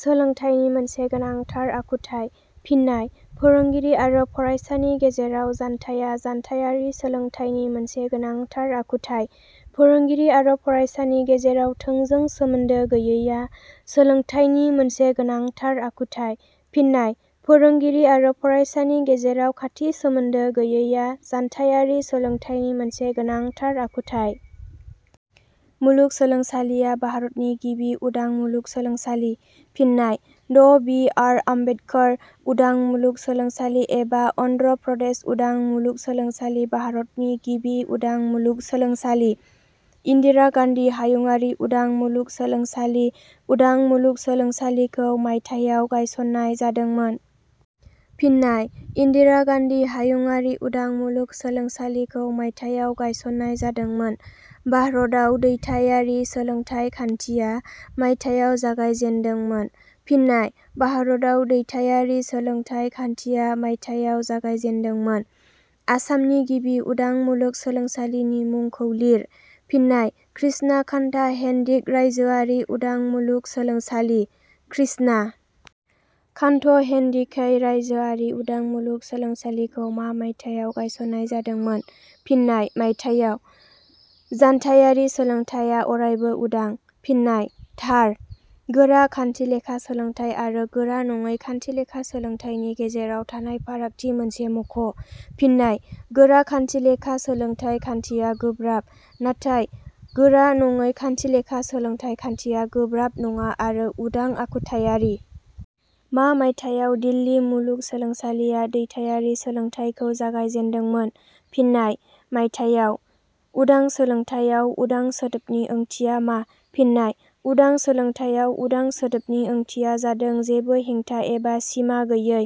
सोलोंथाइनि मोनसे गोनांथार आखुथाइ। फिन्नाय: फोरोंगिरि आरो फरायसानि गेजेराव जानथाइया जानथाइयारि सोलोंथाइनि मोनसे गोनांथार आखुथाइ।. फोरोंगिरि आरो फरायसानि गेजेराव थोंजों सोमोन्दो गोयैया…….. सोलोंथाइनि मोनसे गोनांथार आखुथाइ। फिन्नाय: फोरोंगिरि आरो फरायसानि गेजेराव खाथि सोमोन्द गोयैया जानथाइयारि सोलोंथाइनि मोनसे गोनांथार आखुथाइ।.……. मुलुगसोलोंसालिया भारतनि गिबि उदां मुलुगसोलोंसालि। फिन्नाय: ड बि. आर. आम्बेदकार उदां मुलुगसोलोंसालि एबा अन्ध्र प्रदेश उदां मुलुगसोलोंसालि भारतनि गिबि उदां मुलुगसोलोंसालि।: इन्दिरा गान्धी हायुंङारि उदां मुलुगसोलोंसालि उदां मुलुगसोलोंसालिखौ……. मायथाइयाव गायसननाय जादोंमोन। फिन्नाय: इन्दिरा गान्धी हायुंङारि उदां मुलुगसोलोंसालिखौ मायथाइयाव गायसंनाय जादोंमोन।. भारताव दैथाइयारि सोलोंथाइ खान्थिया……… मायथाइयाव जागायजेदोंमोन। फिन्नाय: भारताव दैथाइयारि सोलोंथाइ खान्थिया मायथाइयाव जागायजेदोंमोन।. आसामनि गिबि उदां मुलुगसोलोंसालिनि मुंखौ लिर। फिन्नाय: कृष्णाकान्त हेनदिक राज्योआरि उदां मुलुगसोलोंसालि।.कृष्णा कान्ट हेनदिकै राज्योआरि उदां मुलुगसोलोंसालिखौ मा मायथाइयाव गायसननाय जादोंमोन? फिन्नाय: मायथाइयाव।. जानथाइयारि सोलोंथाइया अरायबो उदां। फिन्नाय: थार।. गोरा खान्थिलेखा सोलोंथाइ आरो गोरा नङै खान्थिलेखा सोलोंथाइनि गेजेराव थानाय फारागथि मोनसे मख'। फिन्नाय: गोरा खान्थिलेखा सोलोंथाइ खान्थिया गोब्राब, नाथाय गोरा नङै खान्थिलेखा सोलोंथाइ खान्थिया गोब्राब नङा आरो उदां आखुथाइयारि।. मा मायथाइयाव दिल्ली मुलुगसोलोंसालिया दैथाइयारि सोलोंथाइखौ जागायजेनदोंमोन? फिन्नाय: मायथाइयाव।. उदां सोलोंथाइयाव 'उदां '' सोदोबनि ओंथिया मा? फिन्नाय: उदां सोलोंथाइयाव ' उदां ' सोदोबनि ओंथिया जादों जेबो हेंथा एबा सिमा गोयै।.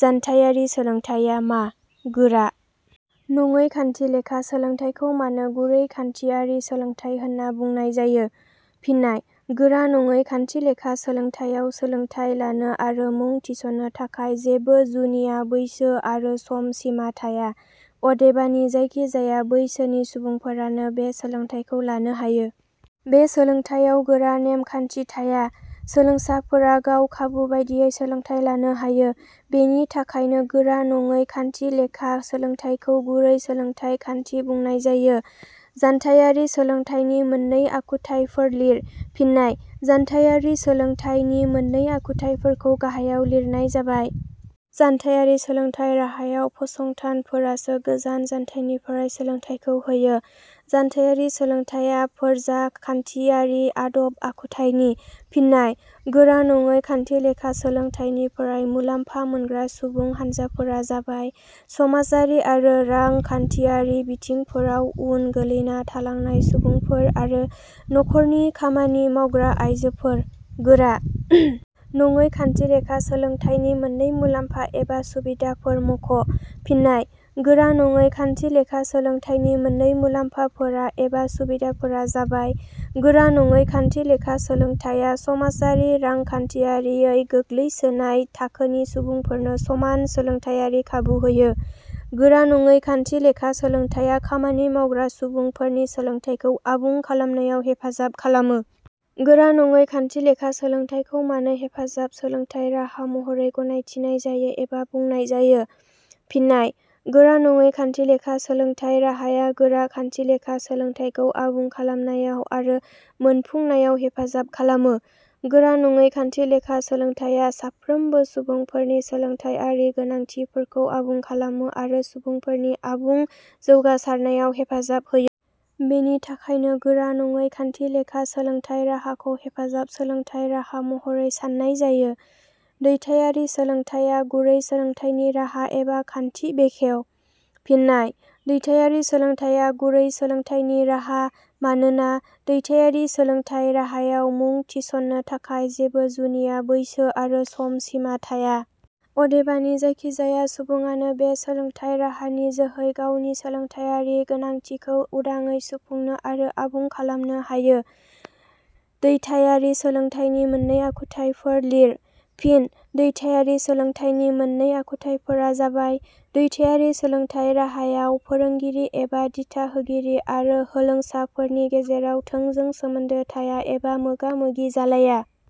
जानथाइयारि सोलोंथाइया मा?.गोरा नङै खान्थि लेखा सोलोंथाइखौ मानो गुरै खान्थिआरि सोलोंथाइ होनना बुंनाय जायो? फिन्नाय: गोरा नङै खान्थिलेखा सोलोंथाइयाव सोलोंथाइ लानो आरो मुं थिसननो थाखाय जेबो जुनिया बैसो आरो सम सिमा थाया। अदेबानि जायखिजाया बैसोनि सुबुंफोरानो बे सोलोंथाइखौ लानो हायो। बे सोलोंथाइयाव गोरा नेमखान्थि थाया, सोलोंसाफोरा गाव खाबु बादियै सोलोंथाइ लानो हायो। बेनि थाखायनो गोरा नङै खान्थिलेखा सोलोंथाइखौ गुरै सोलोंथाइ खान्थि बुंनाय जायो।. जानथाइयारि सोलोंथाइनि मोननै आखुथाइफोर लिर। फिन्नाय: जानथाइयारि सोलोंथाइनि मोननै आखुथाइफोरखौ गाहायाव लिरनाय जाबाय:. जानथायारि सोलोंथाइ राहायाव फसंथानफोरासो गोजान जानथाइनिफ्राय सोलोंथाइखौ होयो।. जानथाइयारि सोलोंथाइया फोरजाखान्थियारि आदब आखुथाइनि। फिन्नाय:गोरा नङै खान्थिलेखा सोलोंथाइनिफ्राय मुलाम्फा मोनग्रा सुबुं हानजाफोरा जाबाय: समाजारि आरो रांखान्थियारि बिथिंफोराव उन गोलैना थालांनाय सुबुंफोर आरो. नखर 'रनि खामानि मावग्रा आइजोफोर।.गोरा नङै खान्थिलेखा सोलोंथाइनि मोननै मुलाम्फा एबा सुबिधाफोर मख'-। फिन्नाय: गोरा नङै खान्थिलेखा सोलोंथाइनि मोननै मुलाम्फाफोरा एबा सुबिधाफोरा जाबाय: गोरा नङै खान्थिलेखा सोलोंथाइया समाजारि रांखान्थियारियै गोग्लैसोनाय थाखोनि सुबुंफोरनो समान सोलोंथाइयारि खाबु होयो। गोरा नङै खान्थिलेखा सोलोंथाइया खामानि मावग्रा सुबुंफोरनि सोलोंथाइखौ आबुं खालामनायाव हेफाजाब खालामो।. गोरा नङै खान्थिलेखा सोलोंथाइखौ मानो हेफाजाब सोलोंथाइ राहा महरै गनायथिनाय जायो एबा बुंनाय जायो? फिन्नाय: गोरा नङै खान्थिलेखा सोलोंथाइ राहाया गोरा खान्थिलेखा सोलोंथाइखौ आबुं खालामनायाव आरो मोनफुंनायाव हेफाजाब खालामो। गोरा नङै खान्थिलेखा सोलोंथाइया साफ्रोमबो सुबुंफोरनि सोलोंथाइयारि गोनांथिफोरखौ आबुं खालामो आरो सुबुंफोरनि आबुं जौगासारनायाव हेफाजाब होयो। बेनि थाखायनो गोरा नङै खान्थिलेखा सोलोंथाइ राहाखौ हेफाजाब सोलोंथाइ राहा महरै साननाय जायो।. ' दैथाइयारि सोलोंथाइया गुरै सोलोंथाइनि राहा एबा खान्थि 'बेखेव –। फिन्नाय: दैथाइयारि सोलोंथाइया गुरै सोलोंथाइनि राहा, मानोना, दैथाइयारि सोलोंथाइ राहायाव मुं थिस 'ननो थाखाय जेबो जुनिया बैसो आरो सम सिमा थाया। अदेबानि जायखिजाया सुबुङानो बे सोलोंथाइ राहानि जोहै गावनि सोलोंथाइयारि गोनांथिखौ उदाङै सुफुंनो आरो आबुं खालामनो हायो।. दैथाइयारि सोलोंथाइनि मोननै आखुथाइफोर लिर। फिन्नाय: दैथाइयारि सोलोंथाइनि मोननै आखुथाइफोरा जाबाय:. दैथाइयारि सोलोंथाइ राहायाव फोरोंगिरि एबा दिथाहोगिरि आरो होलोंसाफोरनि गेजेराव थोंजों सोमोन्दो थाया एबा मोगा मोगि जालाया।